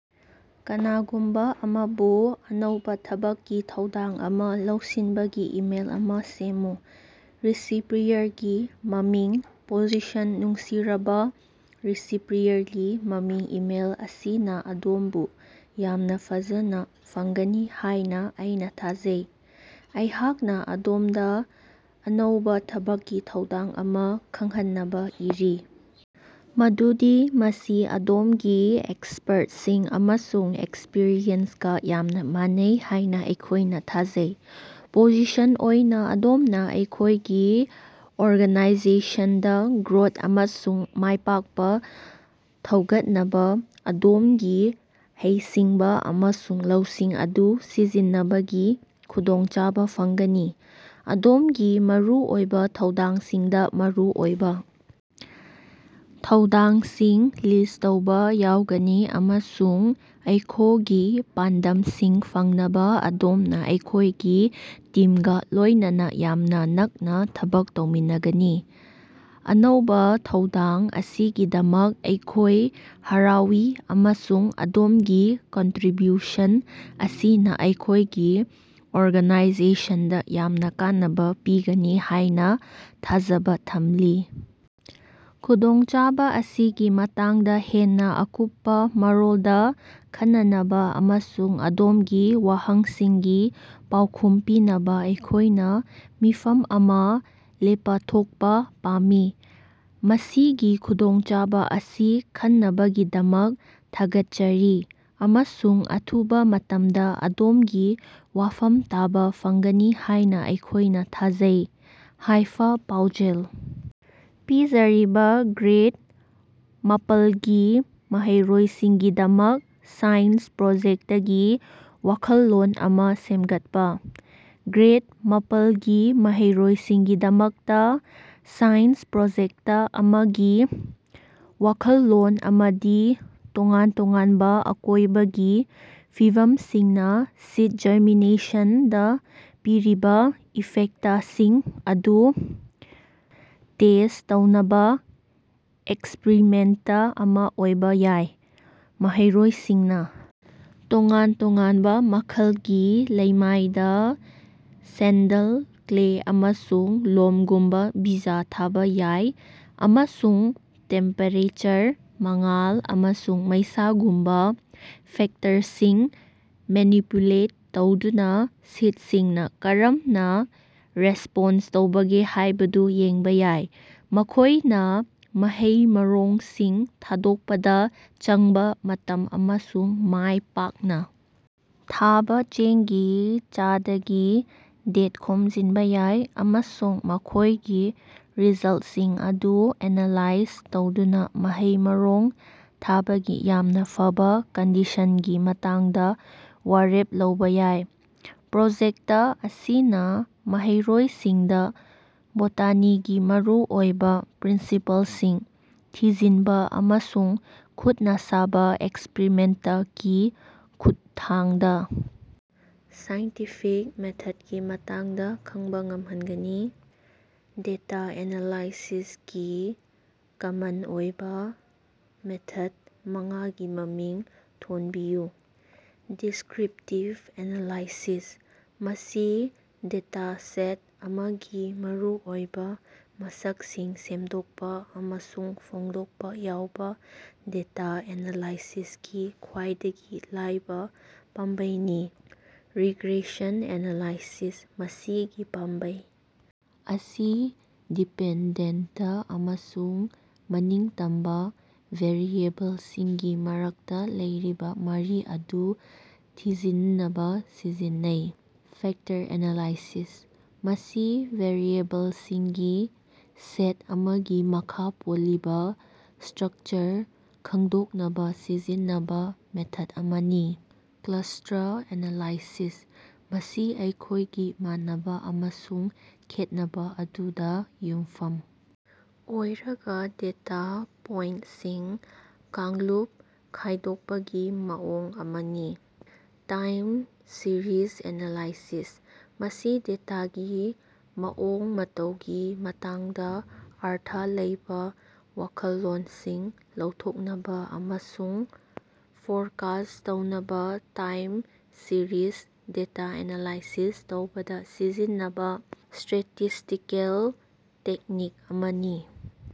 ꯀꯅꯥꯒꯨꯝꯕ ꯑꯃꯕꯨ ꯑꯅꯧꯕ ꯊꯕꯛꯀꯤ ꯊꯧꯗꯥꯡ ꯑꯃ ꯂꯧꯁꯤꯟꯕꯒꯤ ꯏꯃꯦꯜ ꯑꯃ ꯁꯦꯝꯃꯨ꯫ ꯔꯤꯁꯤꯄꯤꯌꯔꯒꯤ ꯃꯃꯤꯡ ꯄꯣꯖꯤꯁꯟ ꯅꯨꯡꯁꯤꯔꯕꯥ ꯔꯤꯁꯤꯄꯤꯌꯔꯒꯤ ꯃꯃꯤꯡ ꯏꯃꯦꯜ ꯑꯁꯤꯅ ꯑꯗꯣꯝꯕꯨ ꯌꯥꯝꯅ ꯐꯖꯅꯥ ꯐꯪꯒꯅꯤ ꯍꯥꯏꯅ ꯑꯩꯅ ꯊꯥꯖꯩ꯫ ꯑꯩꯍꯥꯛꯅ ꯑꯗꯣꯝꯗ ꯑꯅꯧꯕ ꯊꯕꯛꯀꯤ ꯊꯧꯗꯥꯡ ꯑꯃ ꯈꯪꯍꯟꯅꯕ ꯏꯔꯤ ꯃꯗꯨꯗꯤ ꯃꯁꯤ ꯑꯗꯣꯝꯒꯤ ꯑꯦꯛꯁꯄꯔꯠꯁꯤꯡ ꯑꯃꯁꯨꯡ ꯑꯦꯛꯁꯄꯔꯤꯌꯦꯟꯁꯀ ꯌꯥꯝꯅ ꯃꯥꯟꯅꯩ ꯍꯥꯏꯅ ꯑꯩꯈꯣꯏꯅ ꯊꯥꯖꯩ ꯫ ꯄꯣꯖꯤꯁꯟ ꯑꯣꯏꯅ ꯑꯗꯣꯝꯅ ꯑꯩꯈꯣꯏꯒꯤ ꯑꯣꯔꯒꯅꯥꯏꯖꯦꯁꯟꯗ ꯒ꯭ꯔꯣꯊ ꯑꯃꯁꯨꯡ ꯃꯥꯏꯄꯥꯛꯄ ꯊꯧꯒꯠꯅꯕ ꯑꯗꯣꯝꯒꯤ ꯍꯩꯁꯤꯡꯕ ꯑꯃꯁꯨꯡ ꯂꯧꯁꯤꯡ ꯑꯗꯨ ꯁꯤꯖꯤꯟꯅꯕꯒꯤ ꯈꯨꯗꯣꯡꯆꯥꯕ ꯐꯪꯒꯅꯤ꯫ ꯑꯗꯣꯝꯒꯤ ꯃꯔꯨꯑꯣꯏꯕ ꯊꯧꯗꯥꯡꯁꯤꯡꯗ ꯃꯔꯨꯑꯣꯏꯕ ꯊꯧꯗꯥꯡꯁꯤꯡ ꯂꯤꯁ꯭ꯠ ꯇꯧꯕꯥ ꯌꯥꯎꯒꯅꯤ ꯑꯃꯁꯨꯡ ꯑꯩꯈꯣꯒꯤ ꯄꯥꯟꯗꯝꯁꯤꯡ ꯐꯪꯅꯕ ꯑꯗꯣꯝꯅ ꯑꯩꯈꯣꯏꯒꯤ ꯇꯤꯝꯒ ꯂꯣꯏꯅꯅ ꯌꯥꯝꯅ ꯅꯛꯅ ꯊꯕꯛ ꯇꯧꯃꯤꯟꯅꯒꯅꯤ꯫ ꯑꯅꯧꯕ ꯊꯧꯗꯥꯡ ꯑꯁꯤꯒꯤꯗꯃꯛ ꯑꯩꯈꯣꯏ ꯍꯔꯥꯎꯏ ꯑꯃꯁꯨꯡ ꯑꯗꯣꯝꯒꯤ ꯀꯟꯇꯔꯤꯕ꯭ꯌꯨꯁꯟ ꯑꯁꯤꯅ ꯑꯩꯈꯣꯏꯒꯤ ꯑꯣꯔꯒꯅꯥꯏꯖꯦꯁꯟꯗ ꯌꯥꯝꯅ ꯀꯥꯟꯅꯕ ꯄꯤꯒꯅꯤ ꯍꯥꯏꯅ ꯊꯥꯖꯕ ꯊꯝꯂꯤ꯫ ꯈꯨꯗꯣꯡꯆꯥꯕ ꯑꯁꯤꯒꯤ ꯃꯇꯥꯡꯗ ꯍꯦꯟꯅ ꯑꯀꯨꯞꯄ ꯃꯔꯣꯜꯗ ꯈꯟꯅꯅꯕ ꯑꯃꯁꯨꯡ ꯑꯗꯣꯝꯒꯤ ꯋꯥꯍꯪꯁꯤꯡꯒꯤ ꯄꯥꯎꯈꯨꯝ ꯄꯤꯅꯕ ꯑꯩꯈꯣꯏꯅ ꯃꯤꯐꯝ ꯑꯃ ꯂꯦꯄꯊꯣꯛꯄ ꯄꯥꯝꯃꯤ꯫ ꯃꯁꯤꯒꯤ ꯈꯨꯗꯣꯡꯆꯥꯕ ꯑꯁꯤ ꯈꯟꯅꯕꯒꯤꯗꯃꯛ ꯊꯥꯒꯠꯆꯔꯤ, ꯑꯃꯁꯨꯡ ꯑꯊꯨꯕ ꯃꯇꯝꯗ ꯑꯗꯣꯝꯒꯤ ꯋꯥꯐꯝ ꯇꯥꯕ ꯐꯪꯒꯅꯤ ꯍꯥꯏꯅ ꯑꯩꯈꯣꯏꯅ ꯊꯥꯖꯩ꯫ ꯍꯥꯏꯐ-ꯄꯥꯎꯖꯦꯜ ꯄꯤꯖꯔꯤ, ꯒ꯭ꯔꯦꯗ ꯃꯥꯄꯜꯒꯤ ꯃꯍꯩꯔꯣꯏꯁꯤꯡꯒꯤꯗꯃꯛ ꯁꯥꯏꯟꯁ ꯄ꯭ꯔꯣꯖꯦꯛꯇꯀꯤ ꯋꯥꯈꯜꯂꯣꯟ ꯑꯃꯥ ꯁꯦꯝꯒꯠꯄꯥ꯫ ꯒ꯭ꯔꯦꯗ ꯃꯥꯄꯜꯒꯤ ꯃꯍꯩꯔꯣꯏꯁꯤꯡꯒꯤꯗꯃꯛꯇ ꯁꯥꯏꯟꯁ ꯄ꯭ꯔꯣꯖꯦꯛꯇ ꯑꯃꯒꯤ ꯋꯥꯈꯜꯂꯣꯟ ꯑꯃꯗꯤ ꯇꯣꯉꯥꯟ ꯇꯣꯉꯥꯟꯕ ꯑꯀꯣꯏꯕꯒꯤ ꯐꯤꯕꯝꯁꯤꯡꯅ ꯁꯤꯗ ꯖꯔꯃꯤꯅꯦꯁꯟꯗ ꯄꯤꯔꯤꯕ ꯏꯐꯦꯛꯇꯁꯤꯡ ꯑꯗꯨ ꯇꯦꯁ꯭ꯠ ꯇꯧꯅꯕ ꯑꯦꯛꯁꯄꯔꯤꯃꯦꯟꯇ ꯑꯃ ꯑꯣꯏꯕ ꯌꯥꯏ꯫ ꯃꯍꯩꯔꯣꯏꯁꯤꯡꯅ ꯇꯣꯉꯥꯟ-ꯇꯣꯉꯥꯟꯕ ꯃꯈꯜꯒꯤ ꯂꯩꯃꯥꯏꯗ ꯁꯦꯟꯗꯜ, ꯀ꯭ꯂꯦ, ꯑꯃꯁꯨꯡ ꯂꯣꯝꯒꯨꯝꯕꯥ ꯕꯤꯖ ꯊꯥꯕꯥ ꯌꯥꯏ ꯑꯃꯁꯨꯡ ꯇꯦꯝꯄꯦꯔꯦꯆꯔ, ꯃꯉꯥꯜ, ꯑꯃꯁꯨꯡ ꯃꯩꯁꯥꯒꯨꯝꯕ ꯐꯦꯛꯇꯔꯁꯤꯡ ꯃꯦꯅꯤꯄꯨꯂꯦꯠ ꯇꯧꯗꯨꯅ ꯁꯤꯗꯁꯤꯡꯅ ꯀꯔꯝꯅ ꯔꯦꯁ꯭ꯄꯣꯟꯁ ꯇꯧꯕꯒꯦ ꯍꯥꯏꯕꯗꯨ ꯌꯦꯡꯕ ꯌꯥꯏ꯫ ꯃꯈꯣꯏꯅ ꯃꯍꯩ-ꯃꯔꯣꯡꯁꯤꯡ ꯊꯥꯗꯣꯛꯄꯗ ꯆꯪꯕ ꯃꯇꯝ ꯑꯃꯁꯨꯡ ꯃꯥꯏ ꯄꯥꯛꯅ ꯊꯥꯕ ꯆꯦꯡꯒꯤ ꯆꯥꯗꯒꯤ ꯗꯦꯇ ꯈꯣꯝꯖꯤꯟꯕ ꯌꯥꯏ꯫ ꯑꯃꯁꯨꯡ ꯃꯈꯣꯏꯒꯤ ꯔꯤꯖꯜꯇꯁꯤꯡ ꯑꯗꯨ ꯑꯦꯅꯥꯂꯥꯏꯖ ꯇꯧꯗꯨꯅ ꯃꯍꯩ-ꯃꯔꯣꯡ ꯊꯥꯕꯒꯤ ꯌꯥꯝꯅ ꯐꯕ ꯀꯟꯗꯤꯁꯟꯁꯤꯡꯒꯤ ꯃꯇꯥꯡꯗ ꯋꯥꯔꯦꯞ ꯂꯧꯕ ꯌꯥꯏ꯫ ꯄ꯭ꯔꯣꯖꯦꯛꯇ ꯑꯁꯤꯅ ꯃꯍꯩꯔꯣꯏꯁꯤꯡꯗ ꯕꯣꯇꯥꯅꯤꯒꯤ ꯃꯔꯨꯑꯣꯏꯕ ꯄ꯭ꯔꯤꯟꯁꯤꯄꯜꯁꯤꯡ ꯊꯤꯖꯤꯟꯕ ꯑꯃꯁꯨꯡ ꯈꯨꯠꯅ ꯁꯥꯕ ꯑꯦꯛꯁꯄꯔꯤꯃꯦꯟꯇꯀꯤ ꯈꯨꯠꯊꯥꯡꯗ ꯁꯥꯏꯟꯇꯤꯐꯤꯛ ꯃꯦꯊꯗꯀꯤ ꯃꯇꯥꯡꯗ ꯈꯪꯕ ꯉꯝꯍꯟꯒꯅꯤ꯫ ꯗꯦꯇꯥ ꯑꯦꯅꯥꯂꯥꯏꯁꯤꯁꯀꯤ ꯀꯃꯟ ꯑꯣꯏꯕ ꯃꯦꯊꯗ ꯃꯉꯥꯒꯤ ꯃꯃꯤꯡ ꯊꯣꯟꯕꯤꯌꯨ꯫ ꯗꯤꯁ꯭ꯀꯔꯤꯄꯇꯤꯕ ꯑꯦꯅꯥꯂꯥꯏꯁꯤꯁ: ꯃꯁꯤ ꯗꯦꯇꯥꯁꯦꯠ ꯑꯃꯒꯤ ꯃꯔꯨꯑꯣꯏꯕ ꯃꯁꯛꯁꯤꯡ ꯁꯦꯝꯗꯣꯛꯄ ꯑꯃꯁꯨꯡ ꯐꯣꯡꯗꯣꯛꯄ ꯌꯥꯎꯕ ꯗꯦꯇꯥ ꯑꯦꯅꯥꯂꯥꯏꯁꯤꯁꯀꯤ ꯈ꯭ꯋꯥꯏꯗꯒꯤ ꯂꯥꯏꯕ ꯄꯥꯝꯕꯩꯅꯤ꯫ ꯔꯤꯒ꯭ꯔꯦꯁꯟ ꯑꯦꯅꯥꯂꯥꯏꯁꯤꯁ: ꯃꯁꯤꯒꯤ ꯄꯥꯝꯕꯩ ꯑꯁꯤ ꯗꯤꯄꯦꯟꯗꯦꯟꯇ ꯑꯃꯁꯨꯡ ꯃꯅꯤꯡꯇꯝꯕ ꯚꯦꯔꯤꯑꯦꯕꯜꯁꯤꯡꯒꯤ ꯃꯔꯛꯇ ꯂꯩꯔꯤꯕ ꯃꯔꯤ ꯑꯗꯨ ꯊꯤꯖꯤꯟꯅꯕ ꯁꯤꯖꯤꯟꯅꯩ꯫ ꯐꯦꯛꯇꯔ ꯑꯦꯅꯥꯂꯥꯏꯁꯤꯁ: ꯃꯁꯤ ꯚꯦꯔꯤꯑꯦꯕꯜꯁꯤꯡꯒꯤ ꯁꯦꯠ ꯑꯃꯒꯤ ꯃꯈꯥ ꯄꯣꯜꯂꯤꯕ ꯁ꯭ꯇꯔꯀꯆꯔ ꯈꯪꯗꯣꯛꯅꯕ ꯁꯤꯖꯤꯟꯅꯕ ꯃꯦꯊꯗ ꯑꯃꯅꯤ꯫ ꯀ꯭ꯂꯁ꯭ꯇꯔ ꯑꯦꯅꯥꯂꯥꯏꯁꯤꯁ: ꯃꯁꯤ ꯃꯈꯣꯏꯒꯤ ꯃꯥꯟꯅꯕ ꯑꯃꯁꯨꯡ ꯈꯦꯠꯅꯕ ꯑꯗꯨꯗ ꯌꯨꯝꯐꯝ ꯑꯣꯏꯔꯒ ꯗꯦꯇꯥ ꯄꯣꯏꯟꯇꯁꯤꯡ ꯀꯥꯡꯂꯨꯞ ꯈꯥꯏꯗꯣꯛꯄꯒꯤ ꯃꯑꯣꯡ ꯑꯃꯅꯤ꯫ ꯇꯥꯏꯝ ꯁꯤꯔꯤꯖ ꯑꯦꯅꯥꯂꯥꯏꯁꯤꯁ: ꯃꯁꯤ ꯗꯦꯇꯥꯒꯤ ꯃꯑꯣꯡ ꯃꯇꯧꯒꯤ ꯃꯇꯥꯡꯗ ꯑꯔꯊ ꯂꯩꯕ ꯋꯥꯈꯜꯂꯣꯟꯁꯤꯡ ꯂꯧꯊꯣꯛꯅꯕ ꯑꯃꯁꯨꯡ ꯐꯣꯔꯀꯥꯁ꯭ꯠ ꯇꯧꯅꯕ ꯇꯥꯏꯝ-ꯁꯤꯔꯤꯖ ꯗꯦꯇꯥ ꯑꯦꯅꯥꯂꯥꯏꯖ ꯇꯧꯕꯗ ꯁꯤꯖꯤꯟꯅꯕ ꯁ꯭ꯇꯦꯇꯤꯁ꯭ꯇꯤꯀꯦꯜ ꯇꯦꯛꯅꯤꯛ ꯑꯃꯅꯤ꯫